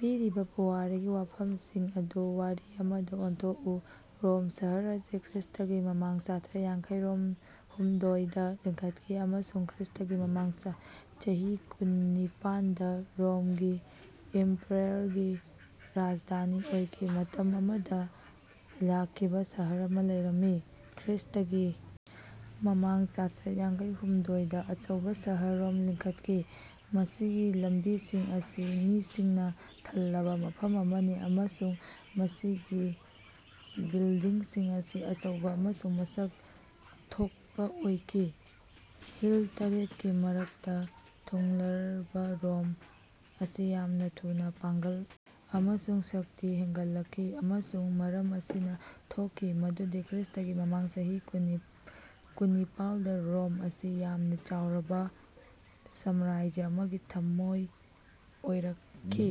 ꯄꯤꯔꯤꯕ ꯄꯨꯋꯥꯔꯤꯒꯤ ꯋꯥꯐꯝꯁꯤꯡ ꯑꯗꯨ ꯋꯥꯔꯤ ꯑꯃꯗ ꯑꯣꯟꯊꯣꯛꯎ꯫ ꯔꯣꯝ ꯁꯍꯔ ꯑꯁꯤ ꯈ꯭ꯔ꯭ꯏꯁ꯭ꯇꯒꯤ ꯃꯃꯥꯡ ꯆꯥꯇ꯭ꯔꯦꯠꯀ ꯌꯥꯡꯈꯩꯍꯨꯝꯗꯣꯏ ꯗ ꯂꯤꯡꯈꯠꯈꯤ ꯑꯃꯁꯨꯡ ꯈ꯭ꯔ꯭ꯏꯁ꯭ꯇꯒꯤ ꯃꯃꯥꯡ ꯆꯍꯤ ꯀꯨꯟꯅꯤꯄꯥꯟ ꯗ ꯔꯣꯃꯒꯤ ꯏꯝꯄꯥꯌꯔꯒꯤ ꯔꯥꯖꯙꯥꯅꯤ ꯑꯣꯏꯈꯤ꯫ ꯃꯇꯝ ꯑꯃꯗ ꯂꯥꯛꯈꯤꯕ ꯁꯍꯔ ꯑꯃ ꯂꯩꯔꯝꯃꯤ꯫ ꯈ꯭ꯔ꯭ꯏꯁ꯭ꯇꯒꯤ ꯃꯃꯥꯡ ꯆꯥꯇ꯭ꯔꯦꯠ ꯌꯥꯡꯈꯩꯍꯨꯝꯗꯣꯏ ꯗ ꯑꯆꯧꯕ ꯁꯍꯔ ꯔꯣꯝ ꯂꯤꯡꯈꯠꯈꯤ꯫ ꯃꯁꯤꯒꯤ ꯂꯝꯕꯤꯁꯤꯡ ꯑꯁꯤ ꯃꯤꯁꯤꯡꯅ ꯊꯜꯂꯕ ꯃꯐꯝ ꯑꯃꯅꯤ ꯑꯃꯁꯨꯡ ꯃꯁꯤꯒꯤ ꯕꯤꯜꯗꯤꯡꯁꯤꯡ ꯑꯁꯤ ꯑꯆꯧꯕ ꯑꯃꯁꯨꯡ ꯃꯁꯛ ꯊꯣꯛꯄꯥꯑꯣꯏꯈꯤ꯫ ꯍꯤꯜ ꯇꯔꯦꯠ ꯀꯤ ꯃꯔꯛꯇ ꯊꯨꯡꯂꯔꯕ ꯔꯣꯝ ꯑꯁꯤ ꯌꯥꯝꯅ ꯊꯨꯅ ꯄꯥꯡꯒꯜ ꯑꯃꯁꯨꯡ ꯁꯛꯇꯤ ꯍꯦꯟꯒꯠꯂꯛꯈꯤ꯫ ꯑꯃꯁꯨꯡ ꯃꯔꯝ ꯑꯁꯤꯅ, ꯊꯣꯛꯈꯤ ꯃꯗꯨꯗꯤ ꯈ꯭ꯔ꯭ꯏꯁ꯭ꯇꯒꯤ ꯃꯃꯥꯡ ꯆꯍꯤ ꯀꯨꯟꯅꯤꯄꯥꯟ ꯗ ꯔꯣꯝ ꯑꯁꯤ ꯌꯥꯝꯅ ꯆꯥꯎꯔꯕ ꯁꯥꯝꯔꯥꯖ꯭ꯌ ꯑꯃꯒꯤ ꯊꯃꯣꯏ ꯑꯣꯏꯔꯛꯈꯤ꯫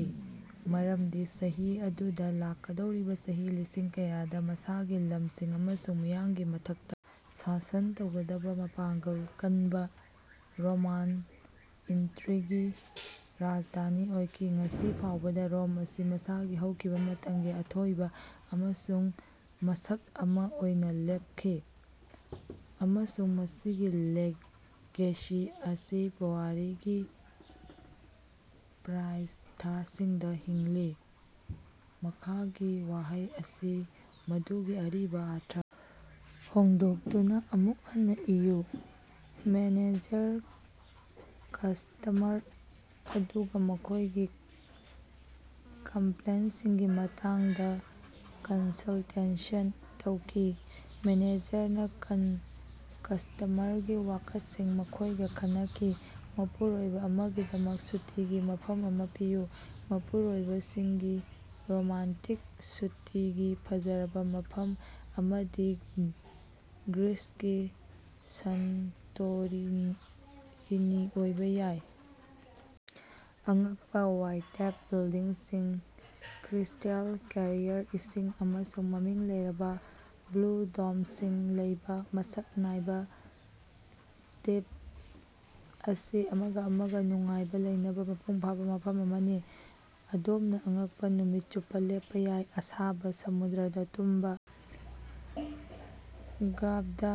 ꯃꯔꯝꯗꯤ ꯆꯍꯤ ꯑꯗꯨꯗ ꯂꯥꯛꯀꯗꯧꯔꯤꯕ ꯆꯍꯤ ꯂꯤꯁꯤꯡ ꯀꯌꯥꯗ ꯃꯁꯥꯒꯤ ꯂꯝꯁꯤꯡ ꯑꯃꯁꯨꯡ ꯃꯤꯌꯥꯝꯒꯤ ꯃꯊꯛꯇ ꯁꯥꯁꯟ ꯇꯧꯒꯗꯕ ꯃꯄꯥꯡꯒꯜ ꯀꯅꯕ ꯔꯣꯃꯥꯟ ꯃꯟꯇ꯭ꯔꯤꯒꯤ ꯔꯥꯖꯙꯥꯅꯤ ꯑꯣꯏꯈꯤ꯫ ꯉꯁꯤ ꯐꯥꯎꯕꯗ ꯔꯣꯝ ꯑꯁꯤ ꯃꯁꯥꯒꯤ ꯍꯧꯈꯤꯕ ꯃꯇꯝꯒꯤ ꯑꯊꯣꯏꯕ ꯃꯁꯛ ꯑꯃꯥ ꯑꯣꯏꯅ ꯂꯦꯞꯂꯤ, ꯑꯃꯁꯨꯡ ꯃꯁꯤꯒꯤ ꯂꯤꯒꯦꯁꯤ ꯑꯁꯤ ꯄꯨꯋꯥꯔꯤꯒꯤ ꯄ꯭ꯔ꯭ꯏꯁ꯭ꯊꯥꯁꯤꯡꯗ ꯍꯤꯡꯂꯤ꯫ ꯃꯈꯥꯒꯤ ꯋꯥꯍꯩ ꯑꯁꯤ ꯃꯗꯨꯒꯤ ꯑꯔꯤꯕ ꯑꯔꯊ ꯍꯣꯡꯗꯣꯛꯇꯨꯅ ꯑꯃꯨꯛ ꯍꯟꯅ ꯏꯌꯨ: ꯃꯦꯅꯦꯖꯔꯅ ꯀꯁꯇꯃꯔ ꯑꯗꯨꯒ ꯃꯈꯣꯢꯒꯤ ꯀꯝꯄ꯭ꯂꯦꯟꯇꯁꯤꯡꯒꯤ ꯃꯇꯥꯡꯗ ꯀꯟꯁꯜꯇꯦꯁꯟ ꯇꯧꯈꯤ꯫' 'ꯃꯦꯅꯦꯖꯔꯅ ꯀꯁꯇꯃꯔꯒꯤ ꯋꯥꯀꯠꯁꯤꯡ ꯃꯈꯣꯏꯒ ꯈꯟꯅꯈꯤ꯫ ꯃꯄꯨꯔꯣꯏꯕ ꯑꯃꯒꯤꯗꯃꯛ ꯁꯨꯇꯤꯒꯤ ꯃꯐꯝ ꯑꯃ ꯄꯤꯌꯨ꯫ ꯃꯄꯨꯔꯣꯏꯕꯁꯤꯡꯒꯤ ꯔꯣꯃꯥꯟꯇꯤꯛ ꯁꯨꯇꯤꯒꯤ ꯐꯖꯔꯕ ꯃꯐꯝ ꯑꯃꯗꯤ ꯒ꯭ꯔꯤꯁꯀꯤ ꯁꯥꯟꯇꯣꯔꯤꯅꯤ ꯑꯣꯏꯕ ꯌꯥꯏ꯫ ꯑꯉꯛꯄ ꯋꯥꯏꯇꯦꯞ ꯕꯤꯜꯗꯤꯡꯁꯤꯡ, ꯀ꯭ꯔ꯭ꯤꯁꯇꯦꯜ ꯀ꯭ꯂꯤꯌꯥꯔ ꯏꯁꯤꯡ, ꯑꯃꯁꯨꯡ ꯃꯃꯤꯡ ꯂꯩꯔꯕ ꯕ꯭ꯂꯨ ꯗꯣꯝꯁꯤꯡ ꯂꯩꯕ ꯃꯁꯛ ꯅꯥꯏꯕ ꯗ꯭ꯕꯤꯞ ꯑꯁꯤ ꯑꯃꯒ ꯑꯃꯒ ꯅꯨꯡꯉꯥꯏꯅ ꯂꯩꯅꯕ ꯃꯄꯨꯡ ꯐꯥꯕ ꯃꯐꯝ ꯑꯃꯅꯤ꯫ ꯑꯗꯣꯝꯅ ꯑꯉꯛꯄ ꯅꯨꯃꯤꯠ ꯆꯨꯞꯄ ꯂꯦꯞꯄ ꯌꯥꯏ, ꯑꯁꯥꯕ ꯁꯃꯨꯗ꯭ꯔꯗ ꯇꯨꯝꯕ ꯒꯥꯝꯗꯥ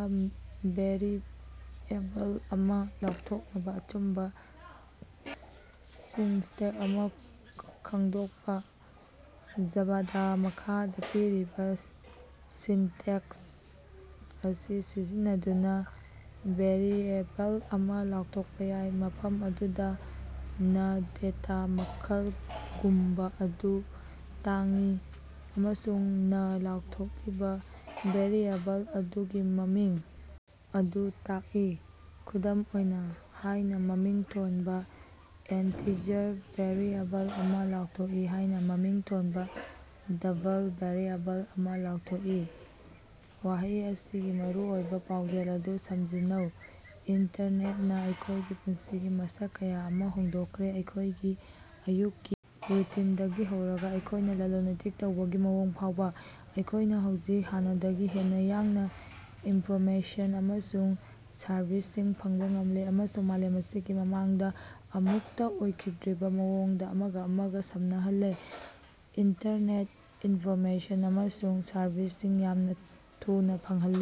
ꯚꯦꯔꯤꯑꯦꯕꯜ ꯑꯃ ꯂꯧꯊꯣꯛꯅꯕ ꯑꯆꯨꯝꯕ ꯁꯤꯟꯇꯦꯛꯁ ꯑꯗꯨ ꯈꯪꯗꯣꯛꯄ꯫ ꯖꯥꯚꯗꯥ, ꯃꯈꯥꯗ ꯄꯤꯔꯤꯕ ꯁꯤꯟꯇꯦꯛꯁ ꯑꯁꯤ ꯁꯤꯖꯤꯟꯅꯗꯨꯅ ꯚꯦꯔꯤꯑꯦꯕꯜ ꯑꯃ ꯂꯥꯎꯊꯣꯛꯄ ꯌꯥꯏ, ꯃꯐꯝ ꯑꯗꯨꯗ ꯅꯥ ꯗꯦꯇꯥ ꯃꯈꯜ ( ꯒꯨꯝꯕ) ꯑꯗꯨ ꯇꯥꯛꯏ ꯑꯃꯁꯨꯡ ꯅꯥ ꯂꯥꯎꯊꯣꯛꯂꯤꯕ ꯚꯦꯔꯤꯑꯦꯕꯜ ꯑꯗꯨꯒꯤ ꯃꯃꯤꯡ ꯑꯗꯨ ꯇꯥꯛꯏ꯫ ꯈꯨꯗꯝ ꯑꯣꯏꯅ, ꯍꯥꯏꯅ ꯃꯃꯤꯡ ꯊꯣꯟꯕ ꯏꯟꯇꯤꯖꯔ ꯚꯦꯔꯤꯑꯦꯕꯜ ꯑꯃ ꯂꯥꯎꯊꯣꯛꯏ; ꯍꯥꯏꯅ ꯃꯃꯤꯡ ꯊꯣꯟꯕ ꯗꯕꯜ ꯚꯦꯔꯤꯑꯦꯕꯜ ꯑꯃ ꯂꯥꯎꯊꯣꯛꯏ꯫ ꯋꯥꯍꯩ ꯑꯁꯤꯒꯤ ꯃꯔꯨꯑꯣꯏꯕ ꯄꯥꯎꯖꯦꯜ ꯑꯗꯨ ꯁꯝꯖꯤꯟꯅꯧ꯫ ꯏꯟꯇꯔꯅꯦꯠꯅ ꯑꯩꯈꯣꯏꯒꯤ ꯄꯨꯟꯁꯤꯒꯤ ꯃꯁꯛ ꯀꯌꯥ ꯑꯃꯥ ꯍꯣꯡꯗꯣꯛꯈ꯭ꯔꯦ, ꯑꯩꯈꯣꯏꯒꯤ ꯑꯌꯨꯛꯀꯤ ꯔꯨꯇꯤꯟꯗꯒꯤ ꯍꯧꯔꯒ ꯑꯩꯈꯣꯏꯅ ꯂꯂꯣꯟ-ꯏꯇꯤꯛ ꯇꯧꯕꯒꯤ ꯃꯑꯣꯡ ꯐꯥꯎꯕ꯫ ꯑꯩꯈꯣꯏꯅ ꯍꯧꯖꯤꯛ ꯍꯥꯟꯅꯗꯒꯤ ꯍꯦꯟꯅ ꯌꯥꯡꯅ ꯏꯟꯐꯣꯔꯃꯦꯁꯟ ꯑꯃꯁꯨꯡ ꯁꯔꯕꯤꯁꯁꯤꯡ ꯐꯪꯕ ꯉꯝꯂꯦ ꯑꯃꯁꯨꯡ ꯃꯥꯂꯦꯝ ꯑꯁꯤ ꯃꯃꯥꯡꯗ ꯑꯃꯨꯛꯇ ꯑꯣꯏꯈꯤꯗ꯭ꯔꯤꯕ ꯃꯑꯣꯡꯗ ꯑꯃꯒ ꯑꯃꯒ ꯁꯝꯅꯍꯜꯂꯦ꯫ ꯏꯟꯇꯔꯅꯦꯠꯅ ꯏꯟꯐꯣꯔꯃꯦꯁꯟ ꯑꯃꯁꯨꯡ ꯁꯔꯕꯤꯁꯁꯤꯡ ꯌꯥꯝꯅ ꯊꯨꯅ ꯐꯪꯍꯜꯂꯤ꯫